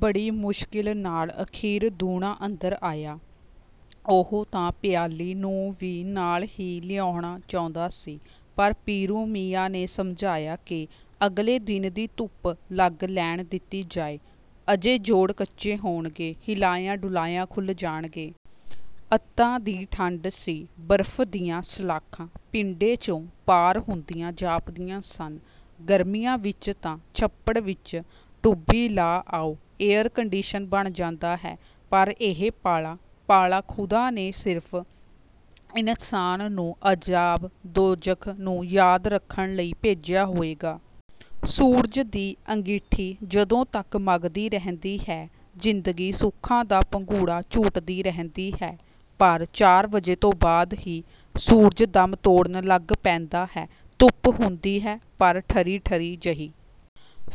ਬੜੀ ਮੁਸ਼ਕਿਲ ਨਾਲ ਅਖੀਰ ਦੂਣਾ ਅੰਦਰ ਆਇਆ। ਉਹ ਤਾਂ ਪਿਆਲੀ ਨੂੰ ਵੀ ਨਾਲ ਹੀ ਲਿਆਉਣਾ ਚਾਹੁੰਦਾ ਸੀ, ਪਰ ਪੀਰੂ ਮੀਆਂ ਨੇ ਸਮਝਾਇਆ ਕਿ ਅਗਲੇ ਦਿਨ ਦੀ ਧੁੱਪ ਲੱਗ ਲੈਣ ਦਿੱਤੀ ਜਾਏ। ਅਜੇ ਜੋੜ ਕੱਚੇ ਹੋਣਗੇ ਹਿਲਾਇਆਂ-ਡੁਲਾਇਆਂ ਖੁੱਲ੍ਹ ਜਾਣਗੇ। ਅੰਤਾਂ ਦੀ ਠੰਡ ਸੀ। ਬਰਫ਼ ਦੀਆਂ ਸਲਾਖਾਂ ਪਿੰਡੇ 'ਚੋਂ ਪਾਰ ਹੁੰਦੀਆਂ ਜਾਪਦੀਆਂ ਸਨ। ਗਰਮੀਆਂ ਵਿੱਚ ਤਾਂ ਛੱਪੜ ਵਿੱਚ ਟੁੱਭੀ ਲਾ ਆਓ, ਏਅਰ-ਕੰਡੀਸ਼ਨ ਬਣ ਜਾਂਦਾ ਹੈ। ਪਰ ਇਹ ਪਾਲਾ, ਪਾਲਾ ਖ਼ੁਦਾ ਨੇ ਸਿਰਫ਼ ਇਨਸਾਨ ਨੂੰ ਅਜ਼ਾਬ-ਦੋਜ਼ਖ਼ ਨੂੰ ਯਾਦ ਰੱਖਣ ਲਈ ਭੇਜਿਆ ਹੋਏਗਾ। ਸੂਰਜ ਦੀ ਅੰਗੀਠੀ ਜਦੋਂ ਤੱਕ ਮਘਦੀ ਰਹਿੰਦੀ ਹੈ, ਜ਼ਿੰਦਗੀ ਸੁੱਖਾਂ ਦਾ ਭੰਗੂੜਾ ਝੂਟਦੀ ਰਹਿੰਦੀ ਹੈ। ਪਰ ਚਾਰ ਵਜੇ ਤੋਂ ਬਾਅਦ ਹੀ ਸੂਰਜ ਦਮ ਤੋੜਨ ਲੱਗ ਪੈਂਦਾ ਹੈ। ਧੁੱਪ ਹੁੰਦੀ ਹੈ ਪਰ ਠਰੀ-ਠਰੀ ਜਿਹੀ।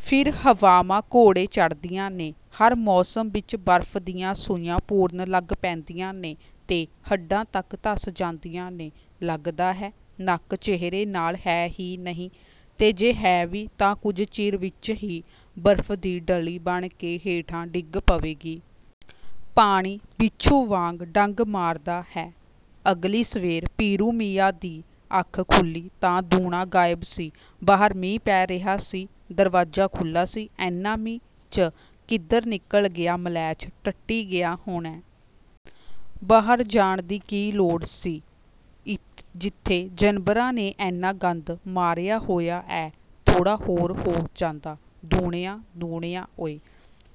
ਫਿਰ ਹਵਾਵਾਂ ਘੋੜੇ ਚੜ੍ਹਦੀਆਂ ਨੇ, ਹਰ ਮੋਸਮ ਵਿੱਚ ਬਰਫ਼ ਦੀਆਂ ਸੂਈਆਂ ਪੁਰਨ ਲੱਗ ਪੈਂਦੀਆਂ ਨੇ ਤੇ ਹੱਡਾਂ ਤੱਕ ਧਸ ਜਾਂਦੀਆਂ ਨੇ। ਲੱਗਦਾ ਹੈ, ਨੱਕ ਚਿਹਰੇ ਨਾਲ ਹੈ ਹੀ ਨਹੀਂ ਤੇ ਜੇ ਹੈ ਵੀ ਤਾਂ ਕੁਝ ਚਿਰ ਵਿੱਚ ਹੀ ਬਰਫ਼ ਦੀ ਡਲੀ ਬਣ ਕੇ ਹੇਠਾਂ ਡਿੱਗ ਪਵੇਗੀ। ਪਾਣੀ ਬਿੱਛੂ ਵਾਂਗ ਡੰਗ ਮਾਰਦਾ ਹੈ। ਅਗਲੀ ਸਵੇਰ ਪੀਰੂ ਮੀਆਂ ਦੀ ਅੱਖ ਖੁੱਲ੍ਹੀ ਤਾਂ ਦੂਣਾ ਗਾਇਬ ਸੀ। ਬਾਹਰ ਮੀਂਹ ਪੈ ਰਿਹਾ ਸੀ, ਦਰਵਾਜ਼ਾ ਖੁੱਲ੍ਹਾ ਸੀ। "ਐਨੇ ਮੀਂਹ 'ਚ ਕਿੱਧਰ ਨਿਕਲ ਗਿਆ ਮਲੈਛ, ਟੱਟੀ ਗਿਆ ਹੋਣੈ। ਬਾਹਰ ਜਾਣ ਦੀ ਕੀ ਲੋੜ ਸੀ, ਜਿੱਥੇ ਜਾਨਵਰਾਂ ਨੇ ਐਨਾ ਗੰਦ ਮਾਰਿਆ ਹੋਇਆ ਐ, ਥੋੜਾ ਹੋਰ ਹੋ ਜਾਂਦਾ" "ਦੂਣਿਆਂ, ਦੂਣਿਆਂ ਓਏ।"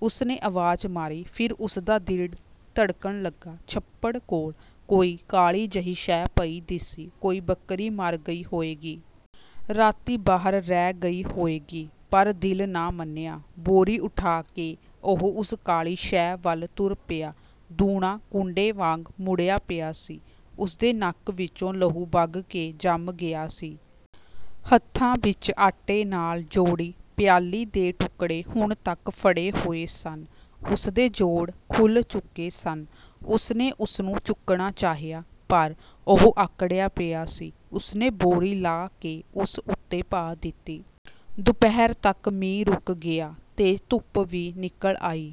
ਉਸ ਨੇ ਆਵਾਜ਼ ਮਾਰੀ। ਫਿਰ ਉਸਦਾ ਦਿਲ ਧੜਕਣ ਲੱਗਾ, ਛੱਪੜ ਕੋਲ ਕੋਈ ਕਾਲੀ ਜਿਹੀ ਸ਼ੈ ਪਈ ਦਿਸੀ ਕੋਈ ਬੱਕਰੀ ਮਰ ਗਈ ਹੋਏਗੀ। ਰਾਤੀਂ, ਬਾਹਰ ਰਹਿ ਗਈ ਹੋਏਗੀ। ਪਰ ਦਿਲ ਨਾ ਮੰਨਿਆ। ਬੋਰੀ ਉੱਠਾ ਕੇ ਉਹ ਉਸ ਕਾਲੀ ਸ਼ੈ ਵੱਲ ਤੁਰ ਪਿਆ। ਦੂਣਾ ਕੁੰਡੇ ਵਾਂਗ ਮੁੜਿਆ ਪਿਆ ਸੀ। ਉਸਦੇ ਨੱਕ ਵਿੱਚੋਂ ਲਹੂ ਵਗ ਕੇ ਜੰਮ ਗਿਆ ਸੀ। ਹੱਥਾਂ ਵਿੱਚ ਆਟੇ ਨਾਲ ਜੋੜੀ ਪਿਆਲੀ ਦੇ ਟੁੱਕੜੇ ਹੁਣ ਤੱਕ ਫੜ੍ਹੇ ਹੋਏ ਸਨ। ਉਸਦੇ ਜੋੜ ਖੁੱਲ੍ਹ ਚੁੱਕੇ ਸਨ। ਉਸ ਨੇ ਉਸਨੂੰ ਚੁੱਕਣਾ ਚਾਹਿਆ ਪਰ ਉਹ ਆਕੜਿਆ ਪਿਆ ਸੀ। ਉਸਨੇ ਬੋਰੀ ਲਾਹ ਕੇ ਉਸ ਉੱਤੇ ਪਾ ਦਿੱਤੀ। ਦੁਪਹਿਰ ਤੱਕ ਮੀਂਹ ਰੁਕ ਗਿਆ ਤੇ ਧੁੱਪ ਵੀ ਨਿਕਲ ਆਈ।